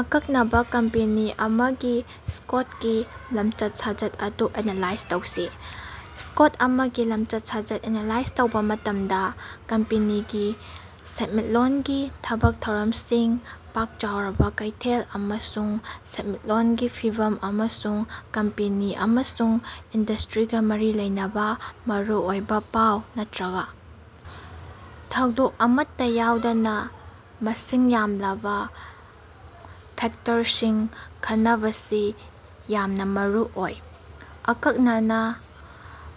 ꯑꯀꯛꯅꯕꯥ ꯀꯝꯄꯦꯅꯤ ꯑꯃꯒꯤ ꯁ꯭ꯇꯣꯛꯀꯤ ꯂꯝꯆꯠ-ꯁꯥꯖꯠ ꯑꯗꯨ ꯑꯦꯅꯥꯂꯥꯏꯖ ꯇꯧꯁꯤ꯫ ꯁ꯭ꯇꯣꯛ ꯑꯃꯒꯤ ꯂꯝꯆꯠ-ꯁꯥꯖꯠ ꯑꯦꯅꯥꯂꯥꯏꯖ ꯇꯧꯕꯥ ꯃꯇꯝꯗꯥ, ꯀꯝꯄꯦꯅꯤꯒꯤ ꯁꯦꯟꯃꯤꯠꯂꯣꯟꯒꯤ ꯊꯕꯛ ꯊꯧꯔꯝꯁꯤꯡ, ꯄꯥꯛ ꯆꯥꯎꯔꯕꯥ ꯀꯩꯊꯦꯜ ꯑꯃꯁꯨꯡ ꯁꯦꯟꯃꯤꯠꯂꯣꯟꯒꯤ ꯐꯤꯚꯝ ꯑꯃꯁꯨꯡ ꯀꯝꯄꯦꯅꯤ ꯑꯃꯁꯨꯡ ꯏꯟꯗꯁꯇ꯭ꯔꯤꯒꯥ ꯃꯔꯤ ꯂꯩꯅꯕꯥ ꯃꯔꯨꯑꯣꯏꯕꯥ ꯄꯥꯎ ꯅꯠꯇ꯭ꯔꯒꯥ ꯊꯧꯗꯣꯛ ꯑꯃꯠꯇꯥ ꯌꯥꯎꯗꯅꯥ ꯃꯁꯤꯡ ꯌꯥꯝꯂꯕꯥ ꯐꯦꯛꯇꯔꯁꯤꯡ ꯈꯟꯅꯕꯁꯤ ꯌꯥꯝꯅꯥ ꯃꯔꯨꯑꯣꯏ꯫ ꯑꯀꯛꯅꯅꯥ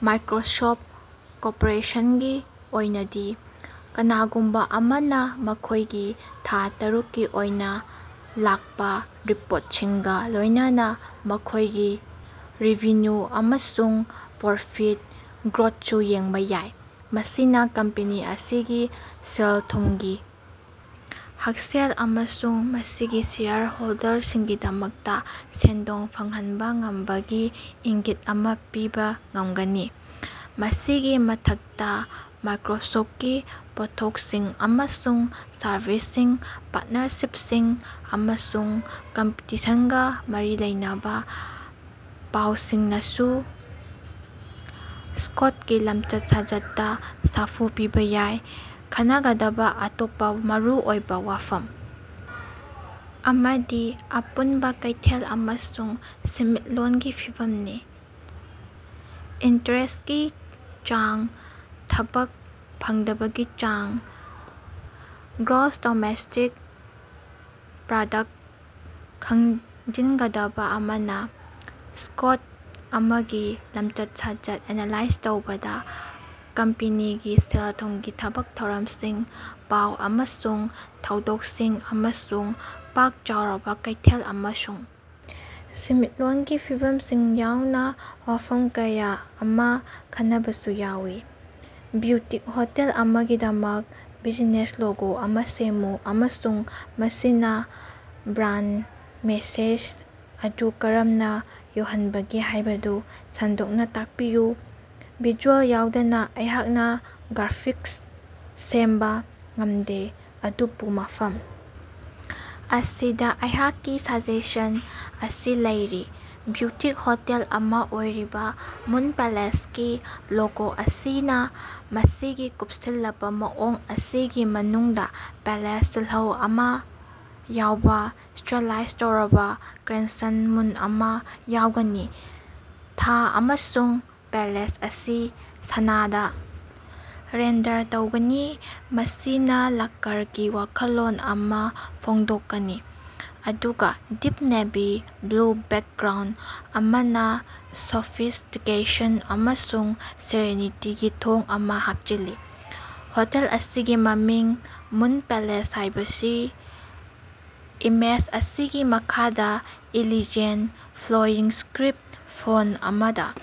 ꯃꯥꯏꯀ꯭ꯔꯣꯁꯣꯞ ꯀꯣꯔꯄꯣꯔꯦꯁꯟꯒꯤ ꯑꯣꯏꯅꯗꯤ, ꯀꯅꯥꯒꯨꯝꯕꯥ ꯑꯃꯅꯥ ꯃꯈꯣꯏꯒꯤ ꯊꯥ ꯇꯔꯨꯛꯀꯤ ꯑꯣꯏꯅꯥ ꯂꯥꯛꯄꯥ ꯔꯤꯄꯣꯔꯠꯁꯤꯡꯒꯥ ꯂꯣꯏꯅꯅꯥ ꯃꯈꯣꯏꯒꯤ ꯔꯦꯚꯤꯅ꯭ꯌꯨ ꯑꯃꯁꯨꯡ ꯄ꯭ꯔꯣꯐꯤꯠ ꯒ꯭ꯔꯣꯠꯁꯨ ꯌꯦꯡꯕꯥ ꯌꯥꯏ꯫ ꯃꯁꯤꯅꯥ ꯀꯝꯄꯦꯅꯤ ꯑꯁꯤꯒꯤ ꯁꯦꯜ-ꯊꯨꯝꯒꯤ ꯍꯛꯁꯦꯜ ꯑꯃꯁꯨꯡ ꯃꯁꯤꯒꯤ ꯁꯦꯌꯔ ꯍꯣꯜꯗꯔꯁꯤꯡꯒꯤꯗꯃꯛꯇꯥ ꯁꯦꯟꯗꯣꯡ ꯐꯪꯍꯟꯕꯥ ꯉꯝꯕꯒꯤ ꯏꯪꯒꯤꯠ ꯑꯃꯥ ꯄꯤꯕꯥ ꯉꯝꯒꯅꯤ꯫ ꯃꯁꯤꯒꯤ ꯃꯊꯛꯇꯥ, ꯃꯥꯏꯀ꯭ꯔꯣꯁꯣꯞꯀꯤ ꯄꯣꯠꯊꯣꯛꯁꯤꯡ ꯑꯃꯁꯨꯡ ꯁꯔꯚꯤꯁꯁꯤꯡ, ꯄꯥꯔꯠꯅꯔꯁꯤꯞꯁꯤꯡ ꯑꯃꯁꯨꯡ ꯀꯝꯄꯤꯇꯤꯁꯟꯒꯥ ꯃꯔꯤ ꯂꯩꯅꯕꯥ ꯄꯥꯎꯁꯤꯡꯅꯁꯨ ꯁꯀꯣꯠ ꯂꯝꯆꯠ-ꯁꯥꯖꯠꯇꯥ ꯁꯥꯐꯨ ꯄꯤꯕꯥ ꯌꯥꯏ꯫ ꯈꯟꯅꯒꯗꯕꯥ ꯑꯇꯣꯞꯄꯥ ꯃꯔꯨꯑꯣꯏꯕꯥ ꯋꯥꯐꯝ ꯑꯃꯗꯤ ꯑꯄꯨꯟꯕꯥ ꯀꯩꯊꯦꯜ ꯑꯃꯁꯨꯡ ꯁꯦꯟꯃꯤꯠꯂꯣꯟꯒꯤ ꯐꯤꯚꯝꯅꯤ꯫ ꯏꯟꯇꯔꯦꯁꯀꯤ ꯆꯥꯡ, ꯊꯕꯛ ꯐꯪꯗꯕꯒꯤ ꯆꯥꯡ, ꯒ꯭ꯔꯣꯁ ꯗꯣꯃꯦꯁꯇꯤꯛ ꯄ꯭ꯔꯥꯗꯛ ꯈꯪꯖꯤꯟꯒꯗꯕꯥ ꯑꯃꯅꯥ, ꯁ꯭ꯇꯣꯛ ꯑꯃꯒꯤ ꯂꯝꯆꯠ-ꯁꯥꯖꯠ ꯑꯦꯅꯥꯂꯥꯏꯖ ꯇꯧꯕꯗꯥ ꯀꯝꯄꯦꯅꯤꯒꯤ ꯁꯦꯜ-ꯊꯨꯝꯒꯤ ꯊꯕꯛ ꯊꯧꯔꯝꯁꯤꯡ, ꯄꯥꯎ ꯑꯃꯁꯨꯡ ꯊꯧꯗꯣꯛꯁꯤꯡ ꯑꯃꯁꯨꯡ ꯄꯥꯛ ꯆꯥꯎꯔꯕꯥ ꯀꯩꯊꯦꯜ ꯑꯃꯁꯨꯡ ꯁꯦꯟꯃꯤꯠꯂꯣꯟꯒꯤ ꯐꯤꯚꯝꯁꯤꯡ ꯌꯥꯎꯅꯥ ꯋꯥꯐꯝ ꯀꯌꯥ ꯑꯃꯥ ꯈꯟꯅꯕꯁꯨ ꯌꯥꯎꯏ꯫ ꯕ꯭ꯌꯨꯇꯤꯛ ꯍꯣꯇꯦꯜ ꯑꯃꯒꯤꯗꯃꯛ ꯕꯤꯖꯤꯅꯦꯁ ꯂꯣꯒꯣ ꯑꯃꯥ ꯁꯦꯝꯃꯨ ꯑꯃꯁꯨꯡ ꯃꯁꯤꯅꯥ ꯕ꯭ꯔꯥꯟ ꯃꯦꯁꯦꯖ ꯑꯗꯨ ꯀꯔꯝꯅꯥ ꯌꯧꯍꯟꯕꯒꯦ ꯍꯥꯏꯕꯗꯨ ꯁꯟꯗꯣꯛꯅꯥ ꯇꯥꯛꯄꯤꯌꯨ꯫ ꯚꯤꯖꯨꯑꯦꯜ ꯌꯥꯎꯗꯅꯥ ꯑꯩꯍꯥꯛꯅꯥ ꯒ꯭ꯔꯥꯐꯤꯛꯁ ꯁꯦꯝꯕꯥ ꯉꯝꯗꯦ꯫ ꯑꯗꯨꯕꯨ ꯃꯐꯝ ꯑꯁꯤꯗꯥ ꯑꯩꯍꯥꯛꯀꯤ ꯁꯖꯦꯁꯟ ꯑꯁꯤ ꯂꯩꯔꯤ꯫ ꯕ꯭ꯌꯨꯇꯤꯛ ꯍꯣꯇꯦꯜ ꯑꯃꯥ ꯑꯣꯏꯔꯤꯕꯥ ꯃꯨꯟ ꯄꯦꯂꯦꯁꯀꯤ ꯂꯣꯒꯣ ꯑꯁꯤꯅꯥ ꯃꯁꯤꯒꯤ ꯀꯨꯞꯁꯤꯜꯂꯕꯥ ꯃꯑꯣꯡ ꯑꯁꯤꯒꯤ ꯃꯅꯨꯡꯗꯥ ꯄꯦꯂꯦꯁ ꯁꯤꯜꯍꯧ ꯑꯃꯥ ꯌꯥꯎꯕꯥ ꯁ꯭ꯇꯥꯏꯂꯥꯏꯖ ꯇꯧꯔꯕꯥ ꯀ꯭ꯔꯦꯁꯦꯟ ꯃꯨꯟ ꯑꯃꯥ ꯌꯥꯎꯒꯅꯤ꯫ ꯊꯥ ꯑꯃꯁꯨꯡ ꯄꯦꯂꯦꯁ ꯑꯁꯤ ꯁꯅꯥꯗꯥ ꯔꯦꯟꯗꯔ ꯇꯧꯒꯅꯤ, ꯃꯁꯤꯅꯥ ꯂꯛꯀꯔꯒꯤ ꯋꯥꯈꯜꯂꯣꯟ ꯑꯃꯥ ꯐꯣꯡꯗꯣꯛꯀꯅꯤ, ꯑꯗꯨꯒꯥ ꯗꯤꯞ ꯅꯦꯚꯤ ꯕ꯭ꯂꯨ ꯕꯦꯛꯒ꯭ꯔꯥꯎꯟ ꯑꯃꯅꯥ ꯁꯣꯐꯤꯁꯇꯤꯀꯦꯁꯟ ꯑꯃꯁꯨꯡ ꯁꯦꯔꯦꯅꯤꯇꯤꯒꯤ ꯊꯣꯡ ꯑꯃꯥ ꯍꯥꯞꯆꯤꯜꯂꯤ꯫ ꯍꯣꯇꯦꯜ ꯑꯁꯤꯒꯤ ꯃꯃꯤꯡ ꯃꯨꯟ ꯄꯦꯂꯦꯁ ꯍꯥꯏꯕꯁꯤ ꯏꯃꯦꯖ ꯑꯁꯤꯒꯤ ꯃꯈꯥꯗꯥ ꯏꯂꯤꯖꯦꯟ, ꯐ꯭ꯂꯣꯌꯤꯡ ꯏꯁꯀ꯭ꯔꯤꯞ ꯐꯣꯟ ꯑꯃꯗꯥ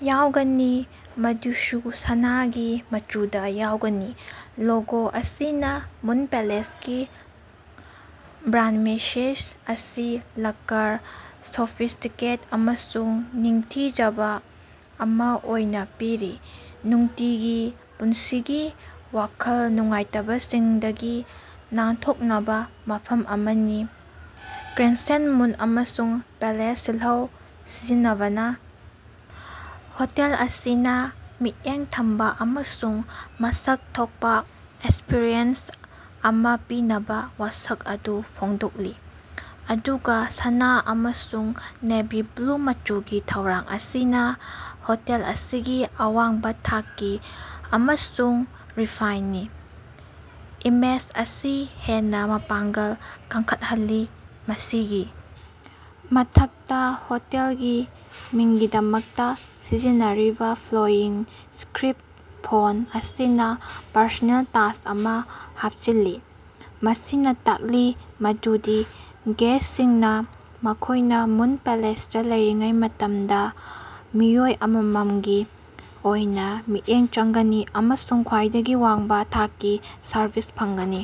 ꯌꯥꯎꯒꯅꯤ, ꯃꯗꯨꯁꯨ ꯁꯅꯥꯒꯤ ꯃꯆꯨꯗꯥ ꯌꯥꯎꯒꯅꯤ꯫ ꯂꯣꯒꯣ ꯑꯁꯤꯅꯥ ꯃꯨꯟ ꯄꯦꯂꯦꯁꯀꯤ ꯕ꯭ꯔꯥꯟꯗ ꯃꯦꯁꯦꯖ ꯑꯁꯤ ꯂꯛꯀꯔ, ꯁꯣꯐꯤꯁꯇꯤꯀꯦꯠ ꯑꯃꯁꯨꯡ ꯅꯤꯡꯊꯤꯖꯕ ꯑꯃꯥ ꯑꯣꯏꯅꯥ ꯄꯤꯔꯤ – ꯅꯨꯡꯇꯤꯒꯤ ꯄꯨꯟꯁꯤꯒꯤ ꯋꯥꯈꯜ ꯅꯨꯡꯉꯥꯏꯇꯕꯁꯤꯡꯗꯒꯤ ꯅꯥꯟꯊꯣꯛꯅꯕꯥ ꯃꯐꯝ ꯑꯃꯅꯤ꯫ ꯀ꯭ꯔꯦꯁꯦꯟꯇ ꯃꯨꯟ ꯑꯃꯁꯨꯡ ꯄꯦꯂꯦꯁ ꯁꯤꯜꯍꯧ ꯁꯤꯖꯤꯟꯅꯕꯅꯥ ꯍꯣꯇꯦꯜ ꯑꯁꯤꯅꯥ ꯃꯤꯠꯌꯦꯡ ꯊꯝꯕꯥ ꯑꯃꯁꯨꯡ ꯃꯁꯛ ꯊꯣꯛꯄꯥ ꯑꯦꯛꯁꯄ꯭ꯔꯤꯌꯦꯟꯁ ꯑꯃꯥ ꯄꯤꯅꯕꯥ ꯋꯥꯁꯛ ꯑꯗꯨ ꯐꯣꯡꯗꯣꯛꯂꯤ, ꯑꯗꯨꯒꯥ ꯁꯅꯥ ꯑꯃꯁꯨꯡ ꯅꯦꯚꯤ ꯕ꯭ꯂꯨ ꯃꯆꯨꯒꯤ ꯊꯧꯔꯥꯡ ꯑꯁꯤꯅꯥ ꯍꯣꯇꯦꯜ ꯑꯁꯤꯒꯤ ꯑꯋꯥꯡꯕꯥ ꯊꯥꯛꯀꯤ ꯑꯃꯁꯨꯡ ꯔꯤꯐꯥꯏꯟꯅꯤ ꯏꯃꯦꯖ ꯑꯁꯤ ꯍꯦꯟꯅꯥ ꯃꯄꯥꯡꯒꯜ ꯀꯟꯈꯠꯍꯜꯂꯤ꯫ ꯃꯁꯤꯒꯤ ꯃꯊꯛꯇꯥ, ꯍꯣꯇꯦꯜꯒꯤ ꯃꯤꯡꯒꯤꯗꯃꯛꯇꯥ ꯁꯤꯖꯤꯟꯅꯔꯤꯕꯥ ꯐ꯭ꯂꯣꯌꯤꯡ ꯏꯁꯀ꯭ꯔꯤꯞ ꯐꯣꯟ ꯑꯁꯤꯅꯥ ꯄꯔꯁꯣꯅꯦꯜ ꯇꯁ ꯑꯃꯥ ꯍꯥꯞꯆꯤꯜꯂꯤ, ꯃꯁꯤꯅꯥ ꯇꯥꯛꯂꯤ ꯃꯗꯨꯗꯤ ꯒꯦꯁꯁꯤꯡꯅꯥ ꯃꯈꯣꯏꯅꯥ ꯃꯨꯟ ꯄꯦꯂꯦꯁꯇꯥ ꯂꯩꯔꯤꯉꯩ ꯃꯇꯝꯗꯥ ꯃꯤꯑꯣꯏ ꯑꯃꯃꯝꯒꯤ ꯑꯣꯏꯅꯥ ꯃꯤꯠꯌꯦꯡ ꯆꯪꯒꯅꯤ ꯑꯃꯁꯨꯡ ꯈ꯭ꯋꯥꯏꯗꯒꯤ ꯋꯥꯡꯕꯥ ꯊꯥꯛꯀꯤ ꯁꯔꯚꯤꯁ ꯐꯪꯒꯅꯤ꯫